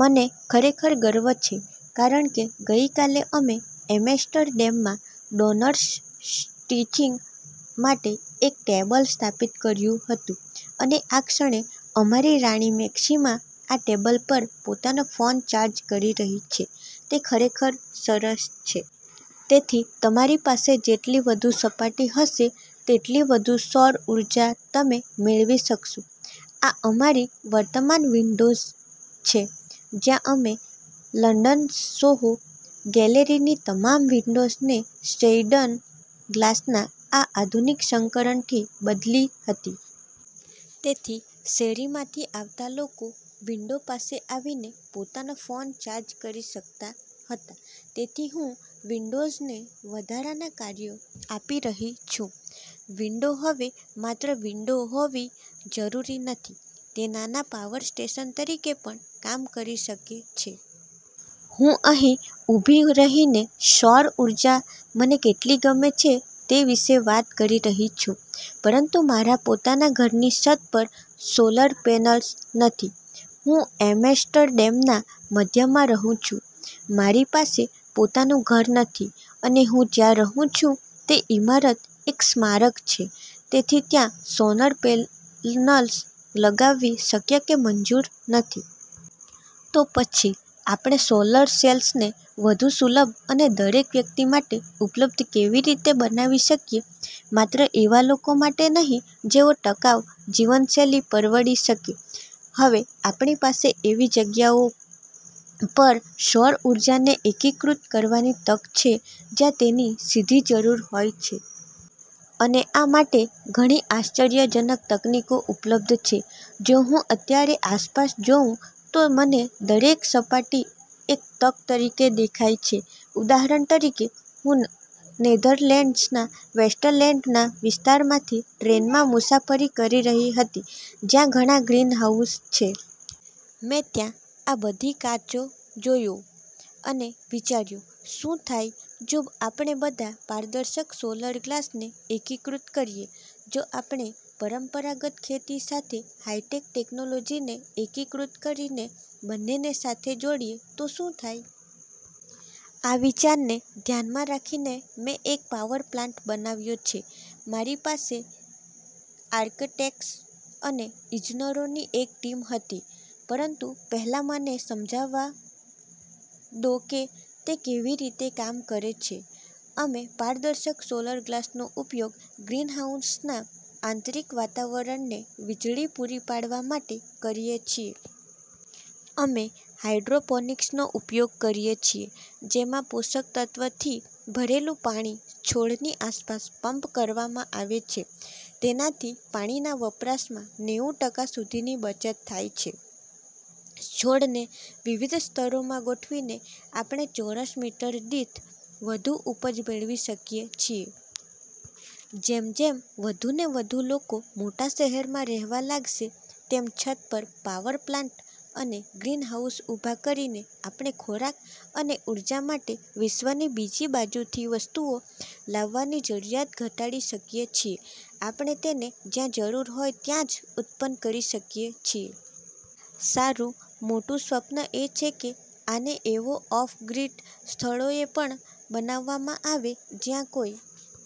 મને ખરેખર ગર્વ છે, કારણ કે ગઈકાલે અમે એમ્સ્ટરડેમમાં ડોનર્સ સ્ટિચિંગ માટે એક ટેબલ સ્થાપિત કર્યું હતું અને આ ક્ષણે અમારી રાણી મેક્સિમા આ ટેબલ પર પોતાનો ફોન ચાર્જ કરી રહી છે. તે ખરેખર સરસ છે. તેથી, તમારી પાસે જેટલી વધુ સપાટી હશે, તેટલી વધુ સૌર ઊર્જા તમે મેળવી શકશો. આ અમારી વર્તમાન વિંડોઝ છે, જ્યાં અમે લંડનની સોહો ગેલેરીની તમામ વિંડોઝને સ્ટેઇન્ડ ગ્લાસના આ આધુનિક સંસ્કરણથી બદલી હતી. તેથી શેરીમાંથી આવતા લોકો વિંડો પાસે આવીને પોતાનો ફોન ચાર્જ કરી શકતા હતા. તેથી હું વિંડોઝને વધારાનાં કાર્યો આપી રહી છું. વિંડો હવે માત્ર વિંડો હોવી જરૂરી નથી. તે નાના પાવર સ્ટેશન તરીકે પણ કામ કરી શકે છે. હું અહીં ઊભી રહીને સૌર ઊર્જા મને કેટલી ગમે છે તે વિશે વાત કરી રહી છું, પરંતુ મારા પોતાના ઘરની છત પર સોલાર પેનલ્સ નથી. હું એમ્સ્ટરડેમના મધ્યમાં રહું છું, મારી પાસે પોતાનું ઘર નથી અને હું જ્યાં રહું છું તે ઇમારત એક સ્મારક છે, તેથી ત્યાં સોલાર પેનલ્સ લગાવવી શક્ય કે મંજૂર નથી. તો પછી આપણે સોલાર સેલ્સને વધુ સુલભ અને દરેક વ્યક્તિ માટે ઉપલબ્ધ કેવી રીતે બનાવી શકીએ, માત્ર એવા લોકો માટે નહીં જેઓ ટકાઉ જીવનશૈલી પરવડી શકે? હવે આપણી પાસે એવી જગ્યાઓ પર સૌર ઊર્જાને એકીકૃત કરવાની તક છે, જ્યાં તેની સીધી જરૂર હોય છે. અને આ માટે ઘણી આશ્ચર્યજનક તકનીકો ઉપલબ્ધ છે. જો હું અત્યારે આસપાસ જોઉં, તો મને દરેક સપાટી એક તક તરીકે દેખાય છે. ઉદાહરણ તરીકે, હું નેધરલેન્ડ્સના વેસ્ટલેન્ડ વિસ્તારમાંથી ટ્રેનમાં મુસાફરી કરી રહી હતી, જ્યાં ઘણાં ગ્રીનહાઉસ છે. મેં ત્યાં આ બધો કાચ જોયો અને વિચાર્યું: શું થાય જો આપણે તેમાં પારદર્શક સોલાર ગ્લાસને એકીકૃત કરીએ? જો આપણે પરંપરાગત ખેતી સાથે હાઇ-ટેક ટેક્નોલોજીને એકીકૃત કરીને બંનેને સાથે જોડીએ તો શું થાય? આ વિચારને ધ્યાનમાં રાખીને, મેં એક પાવર પ્લાન્ટ બનાવ્યો છે. મારી પાસે આર્કિટેક્ટ્સ અને ઇજનેરોની એક ટીમ હતી. પરંતુ પહેલા મને સમજાવવા દો કે તે કેવી રીતે કામ કરે છે. અમે પારદર્શક સોલાર ગ્લાસનો ઉપયોગ ગ્રીનહાઉસના આંતરિક વાતાવરણને વીજળી પૂરી પાડવા માટે કરીએ છીએ. અમે હાઇડ્રોપોનિક્સનો ઉપયોગ કરીએ છીએ, જેમાં પોષક તત્ત્વોથી ભરેલું પાણી છોડની આસપાસ પંપ કરવામાં આવે છે. તેનાથી પાણીના વપરાશમાં નેવું ટકા સુધીની બચત થાય છે. છોડને વિવિધ સ્તરોમાં ગોઠવીને, આપણે ચોરસ મીટર દીઠ વધુ ઉપજ મેળવી શકીએ છીએ. જેમ જેમ વધુને વધુ લોકો મોટા શહેરોમાં રહેવા લાગશે, તેમ છત પર પાવર પ્લાન્ટ અને ગ્રીનહાઉસ ઊભાં કરીને આપણે ખોરાક અને ઊર્જા માટે વિશ્વની બીજી બાજુથી વસ્તુઓ લાવવાની જરૂરિયાત ઘટાડી શકીએ છીએ. આપણે તેને જ્યાં જરૂર હોય ત્યાં જ ઉત્પન્ન કરી શકીએ છીએ. સારું, મોટું સ્વપ્ન એ છે કે આને એવા ઑફ-ગ્રીડ સ્થળોએ પણ બનાવવામાં આવે, જ્યાં કોઈ...